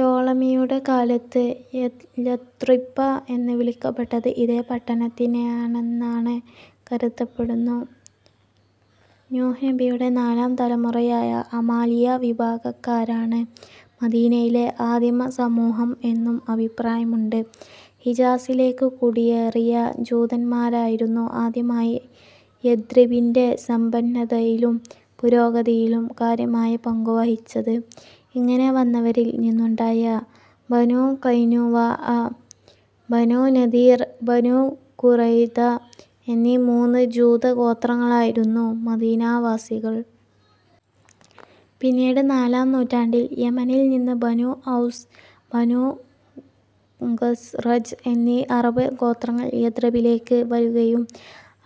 ടോളമിയുടെ കാലത്ത് ലഥ്രിപ്പ എന്ന് വിളിക്കപ്പെട്ടത് ഇതേ പട്ടണത്തിനാണെന്നാണ് കരുതപ്പെടുന്നു. നൂഹ് നബിയുടെ നാലാം തലമുറയായ അമാലിയ വിഭാഗക്കാരാണ് മദീനയിലെ ആദിമ സമൂഹം എന്നും അഭിപ്രായമുണ്ട്. ഹിജാസിലേക്ക് കുടിയേറിയ ജൂതൻമാരായിരുന്നു ആദ്യമായി യഥ്രിബിന്റെ സമ്പന്നതയിലും പുരോഗതിയിലും കാര്യമായ പങ്കുവഹിച്ചത്. ഇങ്ങനെ വന്നവരിൽ നിന്നുണ്ടായ ബനൂഖൈനുവാഅ, ബനൂ നദീർ, ബനൂ ഖുറൈദ എന്നീ മൂന്ന് ജൂത ഗോത്രങ്ങളായിരുന്നു മദീനാവാസികൾ. പിന്നീട് നാലാം നൂറ്റാണ്ടിൽ യെമനിൽ നിന്ന് ബനൂ ഔസ്, ബനൂ ഖസ്റജ് എന്നീ അറബ് ഗോത്രങ്ങൾ യഥ്രിബിലേക്ക് വരുകയും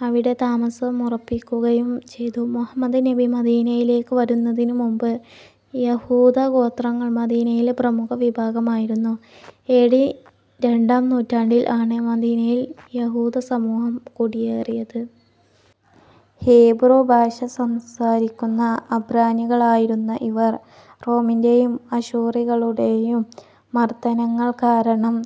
അവിടെ താമസമുറപ്പിക്കുകയും ചെയ്തു. മുഹമ്മദ് നബി മദീനയിലേക്ക് വരുന്നതിനു മുമ്പ് യഹൂദ ഗോത്രങ്ങൾ മദീനയിലെ പ്രമുഖ വിഭാഗമായിരുന്നു. എ. ഡി രണ്ടാം നൂറ്റാണ്ടിൽ ആണ് മദീനയിൽ യഹൂദസമൂഹം കുടിയേറിയത്. ഹീബ്രു ഭാഷ സംസാരിക്കുന്ന അബ്റാനികളായിരുന്ന ഇവർ റോമിന്റേയും അശൂറികളുടെയും മർദനങ്ങൾ കാരണം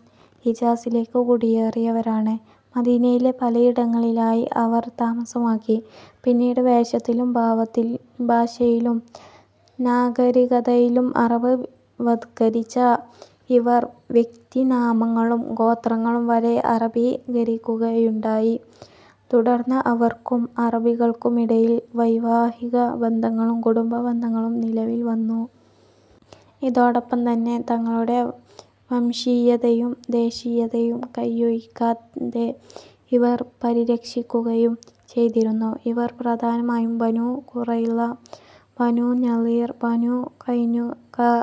ഹിജാസിലേക്ക് കുടിയേറിയവരാണ്. മദീനയിലെ പലയിടങ്ങളിലായി അവർ താമസമാക്കി. പിന്നീട് വേഷത്തിലും ഭാഷയിലും നാഗരികതയിലും അറബ് വത്കരിച്ച ഇവർ വ്യക്തിനാമങ്ങളും ഗോത്രങ്ങളും വരെ അറബീകരിക്കുകയുണ്ടായി. തുടർന്ന് അവർക്കും അറബികൾക്കുമിടയിൽ വൈവാഹിക ബന്ധങ്ങളും കുടുംബ ബന്ധങ്ങളും നിലവിൽവന്നു. ഇതോടൊപ്പം തന്നെ തങ്ങളുടെ വംശീയതയും ദേശീയതയും കയ്യൊഴിക്കാതെ ഇവർ പരിരക്ഷിക്കുകയും ചെയ്തിരുന്നു. ഇവർ പ്രധാനമായും ബനൂ ഖുറൈള, ബനൂ നളീർ, ബനൂ ഖൈനുഖാഅ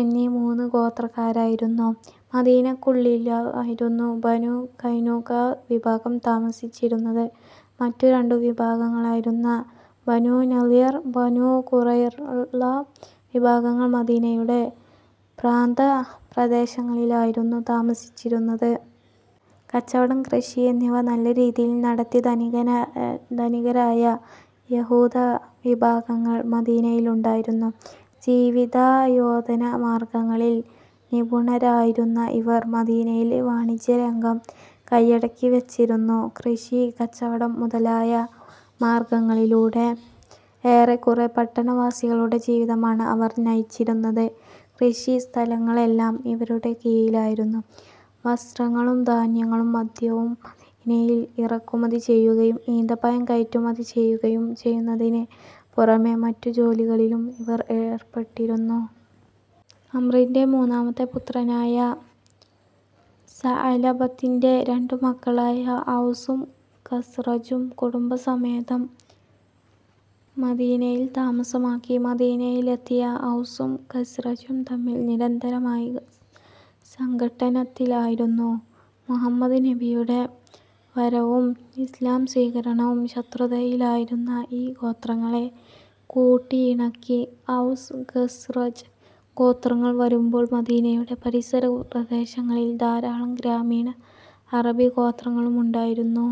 എന്നീ മൂന്ന് ഗോത്രക്കാരായിരുന്നു. മദീനക്കുള്ളിലായിരുന്നു ബനൂ ഖൈനുഖാഅ് വിഭാഗം താമസിച്ചിരുന്നത്. മറ്റു രണ്ടു വിഭാഗങ്ങളായിരുന്ന ബനൂനളിർ, ബനൂഖുറൈള വിഭാഗങ്ങൾ മദീനയുടെ പ്രാന്തപ്രദേശങ്ങളിലായിരുന്നു താമസിച്ചിരുന്നത്. കച്ചവടം, കൃഷി എന്നിവ നല്ല രീതിയിൽ നടത്തി ധനികരായ യഹൂദ വിഭാഗങ്ങൾ മദീനയിലുണ്ടായിരുന്നു. ജീവിതായോധന മാർഗങ്ങളിൽ നിപുണരായിരുന്ന ഇവർ മദീനയിലെ വാണിജ്യരംഗം കയ്യടക്കിവെച്ചിരുന്നു. കൃഷി, കച്ചവടം മുതലായ മാർഗങ്ങളിലൂടെ ഏറെക്കുറെ പട്ടണവാസികളുടെ ജീവിതമാണ് അവർ നയിച്ചിരുന്നത്. കൃഷിസ്ഥലങ്ങളെല്ലാം ഇവരുടെ കീഴിലായിരുന്നു. വസ്ത്രങ്ങളും ധാന്യങ്ങളും മദ്യവും മദീനയിൽ ഇറക്കുമതിചെയ്യുകയും ഈന്തപ്പഴം കയറ്റുമതി ചെയ്യുകയും ചെയ്യുന്നതിന് പുറമെ മറ്റു ജോലികളിലും ഇവർ ഏർപ്പെട്ടിരുന്നു. അംറിന്റെ മൂന്നാമത്തെ പുത്രനായ സഅലബത്തിന്റെ രണ്ടുമക്കളായ ഔസും ഖസ്റജും കുടുംബസമേതം മദീനയിൽ താമസമാക്കി.. മദീനയിലെത്തിയ ഔസും ഖസ്റജും തമ്മിൽ നിരന്തരമായി സംഘട്ടനത്തിലായിരുന്നു. മുഹമ്മദ് നബിയുടെ വരവും ഇസ്ലാം സ്വീകരണവും ശത്രുതയിലായിരുന്ന ഈ ഗോത്രങ്ങളെ കൂട്ടിയിണക്കി. ഔസ്-ഖസ്റജ് ഗോത്രങ്ങൾ വരുമ്പോൾ മദീനയുടെ പരിസര പ്രദേശങ്ങളിൽ ധാരാളം ഗ്രാമീണ അറബി ഗോത്രങ്ങളുമുണ്ടായിരുന്നു.